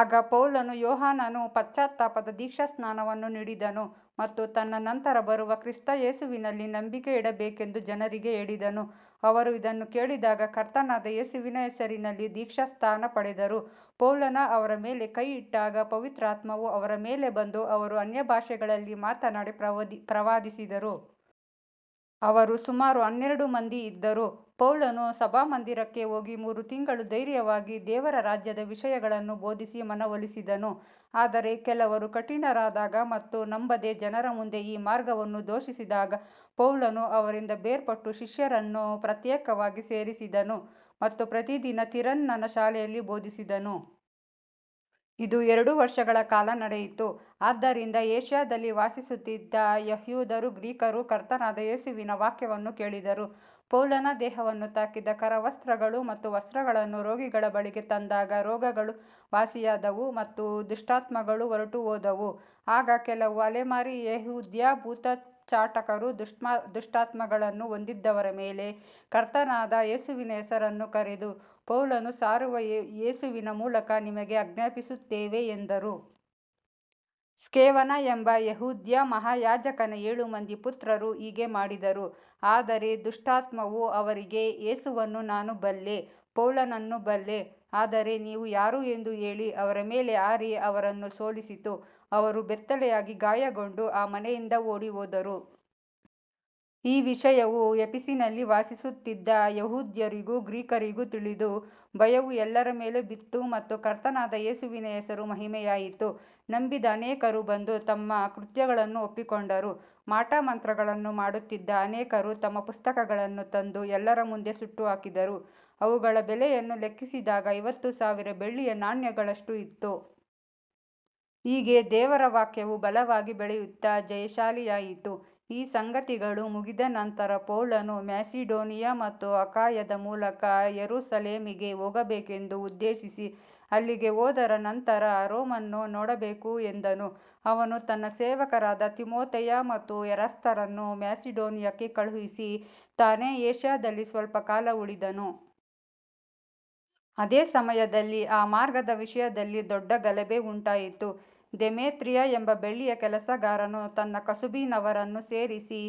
ಆಗ ಪೌಲನು ಯೋಹಾನನು ಪಶ್ಚಾತ್ತಾಪದ ದೀಕ್ಷಾಸ್ನಾನವನ್ನು ನೀಡಿದನು ಮತ್ತು ತನ್ನ ನಂತರ ಬರುವ ಕ್ರಿಸ್ತ ಯೇಸುವಿನಲ್ಲಿ ನಂಬಿಕೆಯಿಡಬೇಕೆಂದು ಜನರಿಗೆ ಹೇಳಿದನು. ಅವರು ಇದನ್ನು ಕೇಳಿದಾಗ ಕರ್ತನಾದ ಯೇಸುವಿನ ಹೆಸರಿನಲ್ಲಿ ದೀಕ್ಷಾಸ್ನಾನ ಪಡೆದರು. ಪೌಲನು ಅವರ ಮೇಲೆ ಕೈಯಿಟ್ಟಾಗ ಪವಿತ್ರಾತ್ಮವು ಅವರ ಮೇಲೆ ಬಂದು ಅವರು ಅನ್ಯಭಾಷೆಗಳಲ್ಲಿ ಮಾತನಾಡಿ ಪ್ರವಾದಿಸಿದರು. ಅವರು ಸುಮಾರು ಹನ್ನೆರಡು ಮಂದಿ ಇದ್ದರು. ಪೌಲನು ಸಭಾಮಂದಿರಕ್ಕೆ ಹೋಗಿ ಮೂರು ತಿಂಗಳು ಧೈರ್ಯವಾಗಿ ದೇವರ ರಾಜ್ಯದ ವಿಷಯಗಳನ್ನು ಬೋಧಿಸಿ ಮನವೊಲಿಸಿದನು. ಆದರೆ ಕೆಲವರು ಕಠಿಣರಾದಾಗ ಮತ್ತು ನಂಬದೆ ಜನರ ಮುಂದೆ ಈ ಮಾರ್ಗವನ್ನು ದೂಷಿಸಿದಾಗ ಪೌಲನು ಅವರಿಂದ ಬೇರ್ಪಟ್ಟು ಶಿಷ್ಯರನ್ನು ಪ್ರತ್ಯೇಕವಾಗಿ ಸೇರಿಸಿದನು ಮತ್ತು ಪ್ರತಿದಿನ ತಿರನ್ನನ ಶಾಲೆಯಲ್ಲಿ ಬೋಧಿಸಿದನು. ಇದು ಎರಡು ವರ್ಷಗಳ ಕಾಲ ನಡೆಯಿತು. ಆದ್ದರಿಂದ ಏಷ್ಯಾದಲ್ಲಿ ವಾಸಿಸುತ್ತಿದ್ದ ಯೆಹೂದ್ಯರೂ ಗ್ರೀಕರೂ ಕರ್ತನಾದ ಯೇಸುವಿನ ವಾಕ್ಯವನ್ನು ಕೇಳಿದರು. ಪೌಲನ ದೇಹವನ್ನು ತಾಕಿದ ಕರವಸ್ತ್ರಗಳು ಮತ್ತು ವಸ್ತ್ರಗಳನ್ನು ರೋಗಿಗಳ ಬಳಿಗೆ ತಂದಾಗ ರೋಗಗಳು ವಾಸಿಯಾದವು ಮತ್ತು ದುಷ್ಟಾತ್ಮಗಳು ಹೊರಟುಹೋದವು. ಆಗ ಕೆಲವು ಅಲೆಮಾರಿ ಯೆಹೂದ್ಯ ಭೂತೋಚ್ಚಾಟಕರು ದುಷ್ಟಾತ್ಮಗಳನ್ನು ಹೊಂದಿದ್ದವರ ಮೇಲೆ ಕರ್ತನಾದ ಯೇಸುವಿನ ಹೆಸರನ್ನು ಕರೆದು, ಪೌಲನು ಸಾರುವ ಯೇಸುವಿನ ಮೂಲಕ ನಿಮಗೆ ಆಜ್ಞಾಪಿಸುತ್ತೇವೆ ಎಂದರು. ಸ್ಕೆವನ ಎಂಬ ಯೆಹೂದ್ಯ ಮಹಾಯಾಜಕನ ಏಳು ಮಂದಿ ಪುತ್ರರೂ ಹೀಗೆ ಮಾಡಿದರು. ಆದರೆ ದುಷ್ಟಾತ್ಮವು ಅವರಿಗೆ, ಯೇಸುವನ್ನು ನಾನು ಬಲ್ಲೆ, ಪೌಲನನ್ನೂ ಬಲ್ಲೆ, ಆದರೆ ನೀವು ಯಾರು ಎಂದು ಹೇಳಿ ಅವರ ಮೇಲೆ ಹಾರಿ ಅವರನ್ನು ಸೋಲಿಸಿತು. ಅವರು ಬೆತ್ತಲೆಯಾಗಿ ಗಾಯಗೊಂಡು ಆ ಮನೆಯಿಂದ ಓಡಿಹೋದರು. ಈ ವಿಷಯವು ಎಫೆಸಿನಲ್ಲಿ ವಾಸಿಸುತ್ತಿದ್ದ ಯೆಹೂದ್ಯರಿಗೂ ಗ್ರೀಕರಿಗೂ ತಿಳಿದು ಭಯವು ಎಲ್ಲರ ಮೇಲೂ ಬಿತ್ತು ಮತ್ತು ಕರ್ತನಾದ ಯೇಸುವಿನ ಹೆಸರು ಮಹಿಮೆಯಾಯಿತು. ನಂಬಿದ ಅನೇಕರು ಬಂದು ತಮ್ಮ ಕೃತ್ಯಗಳನ್ನು ಒಪ್ಪಿಕೊಂಡರು. ಮಾಟಮಂತ್ರಗಳನ್ನು ಮಾಡುತ್ತಿದ್ದ ಅನೇಕರು ತಮ್ಮ ಪುಸ್ತಕಗಳನ್ನು ತಂದು ಎಲ್ಲರ ಮುಂದೆ ಸುಟ್ಟುಹಾಕಿದರು. ಅವುಗಳ ಬೆಲೆಯನ್ನು ಲೆಕ್ಕಿಸಿದಾಗ ಐವತ್ತು ಸಾವಿರ ಬೆಳ್ಳಿಯ ನಾಣ್ಯಗಳಷ್ಟು ಇತ್ತು. ಹೀಗೆ ದೇವರ ವಾಕ್ಯವು ಬಲವಾಗಿ ಬೆಳೆಯುತ್ತಾ ಜಯಶಾಲಿಯಾಯಿತು. ಈ ಸಂಗತಿಗಳು ಮುಗಿದ ನಂತರ ಪೌಲನು ಮ್ಯಾಸಿಡೋನಿಯಾ ಮತ್ತು ಅಖಾಯದ ಮೂಲಕ ಯೆರೂಸಲೇಮಿಗೆ ಹೋಗಬೇಕೆಂದು ಉದ್ದೇಶಿಸಿ, ಅಲ್ಲಿಗೆ ಹೋದ ನಂತರ ರೋಮನ್ನೂ ನೋಡಬೇಕು ಎಂದನು. ಅವನು ತನ್ನ ಸೇವಕರಾದ ತಿಮೊಥೆಯ ಮತ್ತು ಎರಾಸ್ತರನ್ನು ಮ್ಯಾಸಿಡೋನಿಯಕ್ಕೆ ಕಳುಹಿಸಿ ತಾನೇ ಏಷ್ಯಾದಲ್ಲಿ ಸ್ವಲ್ಪ ಕಾಲ ಉಳಿದನು. ಅದೇ ಸಮಯದಲ್ಲಿ ಆ ಮಾರ್ಗದ ವಿಷಯದಲ್ಲಿ ದೊಡ್ಡ ಗಲಭೆ ಉಂಟಾಯಿತು. ದೇಮೇತ್ರಿಯ ಎಂಬ ಬೆಳ್ಳಿಯ ಕೆಲಸಗಾರನು ತನ್ನ ಕಸುಬಿನವರನ್ನು ಸೇರಿಸಿ,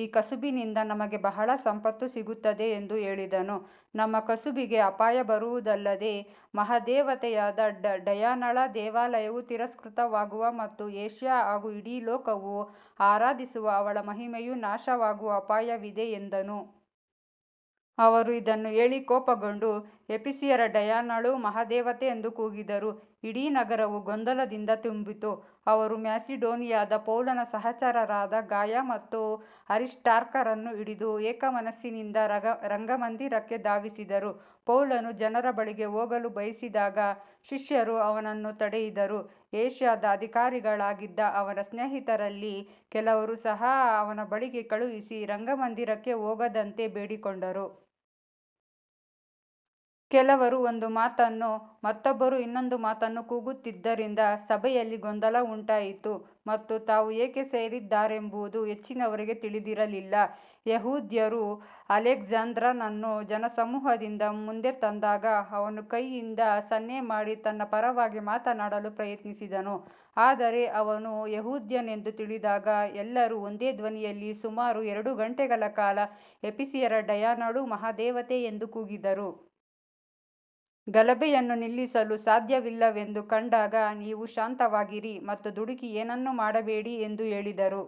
ಈ ಕಸುಬಿನಿಂದ ನಮಗೆ ಬಹಳ ಸಂಪತ್ತು ಸಿಗುತ್ತದೆ ಎಂದು ಹೇಳಿದನು. ನಮ್ಮ ಕಸುಬಿಗೆ ಅಪಾಯ ಬರುವುದಲ್ಲದೆ ಮಹಾದೇವತೆಯಾದ ಡಯಾನಳ ದೇವಾಲಯವು ತಿರಸ್ಕೃತವಾಗುವ ಮತ್ತು ಏಷ್ಯಾ ಹಾಗೂ ಇಡೀ ಲೋಕವು ಆರಾಧಿಸುವ ಅವಳ ಮಹಿಮೆಯು ನಾಶವಾಗುವ ಅಪಾಯವಿದೆ ಎಂದನು. ಅವರು ಇದನ್ನು ಕೇಳಿ ಕೋಪಗೊಂಡು, ಎಫೆಸಿಯರ ಡಯಾನಳು ಮಹಾದೇವತೆ ಎಂದು ಕೂಗಿದರು. ಇಡೀ ನಗರವು ಗೊಂದಲದಿಂದ ತುಂಬಿತು. ಅವರು ಮ್ಯಾಸಿಡೋನಿಯಾದ ಪೌಲನ ಸಹಚರರಾದ ಗಾಯ ಮತ್ತು ಅರಿಸ್ಟಾರ್ಕರನ್ನು ಹಿಡಿದು ಏಕಮನಸ್ಸಿನಿಂದ ರಂಗಮಂದಿರಕ್ಕೆ ಧಾವಿಸಿದರು. ಪೌಲನು ಜನರ ಬಳಿಗೆ ಹೋಗಲು ಬಯಸಿದಾಗ ಶಿಷ್ಯರು ಅವನನ್ನು ತಡೆಯಿದರು. ಏಷ್ಯಾದ ಅಧಿಕಾರಿಗಳಾಗಿದ್ದ ಅವನ ಸ್ನೇಹಿತರಲ್ಲಿ ಕೆಲವರು ಸಹ ಅವನ ಬಳಿಗೆ ಕಳುಹಿಸಿ ರಂಗಮಂದಿರಕ್ಕೆ ಹೋಗದಂತೆ ಬೇಡಿಕೊಂಡರು. ಕೆಲವರು ಒಂದು ಮಾತನ್ನು, ಮತ್ತೊಬ್ಬರು ಇನ್ನೊಂದು ಮಾತನ್ನು ಕೂಗುತ್ತಿದ್ದರಿಂದ ಸಭೆಯಲ್ಲಿ ಗೊಂದಲ ಉಂಟಾಯಿತು ಮತ್ತು ತಾವು ಏಕೆ ಸೇರಿದ್ದಾರೆಂಬುದು ಹೆಚ್ಚಿನವರಿಗೆ ತಿಳಿದಿರಲಿಲ್ಲ. ಯೆಹೂದ್ಯರು ಅಲೆಕ್ಸಾಂದ್ರನನ್ನು ಜನಸಮೂಹದಿಂದ ಮುಂದೆ ತಂದಾಗ ಅವನು ಕೈಯಿಂದ ಸನ್ನೆ ಮಾಡಿ ತನ್ನ ಪರವಾಗಿ ಮಾತನಾಡಲು ಪ್ರಯತ್ನಿಸಿದನು. ಆದರೆ ಅವನು ಯೆಹೂದ್ಯನೆಂದು ತಿಳಿದಾಗ ಎಲ್ಲರೂ ಒಂದೇ ಧ್ವನಿಯಲ್ಲಿ ಸುಮಾರು ಎರಡು ಗಂಟೆಗಳ ಕಾಲ ಎಫೆಸಿಯರ ಡಯಾನಳು ಮಹಾದೇವತೆ ಎಂದು ಕೂಗಿದರು. ಗಲಭೆಯನ್ನು ನಿಲ್ಲಿಸಲು ಸಾಧ್ಯವಿಲ್ಲವೆಂದು ಕಂಡಾಗ ನೀವು ಶಾಂತವಾಗಿರಿ ಮತ್ತು ದುಡುಕಿ ಏನನ್ನೂ ಮಾಡಬೇಡಿ ಎಂದು ಹೇಳಿದರು.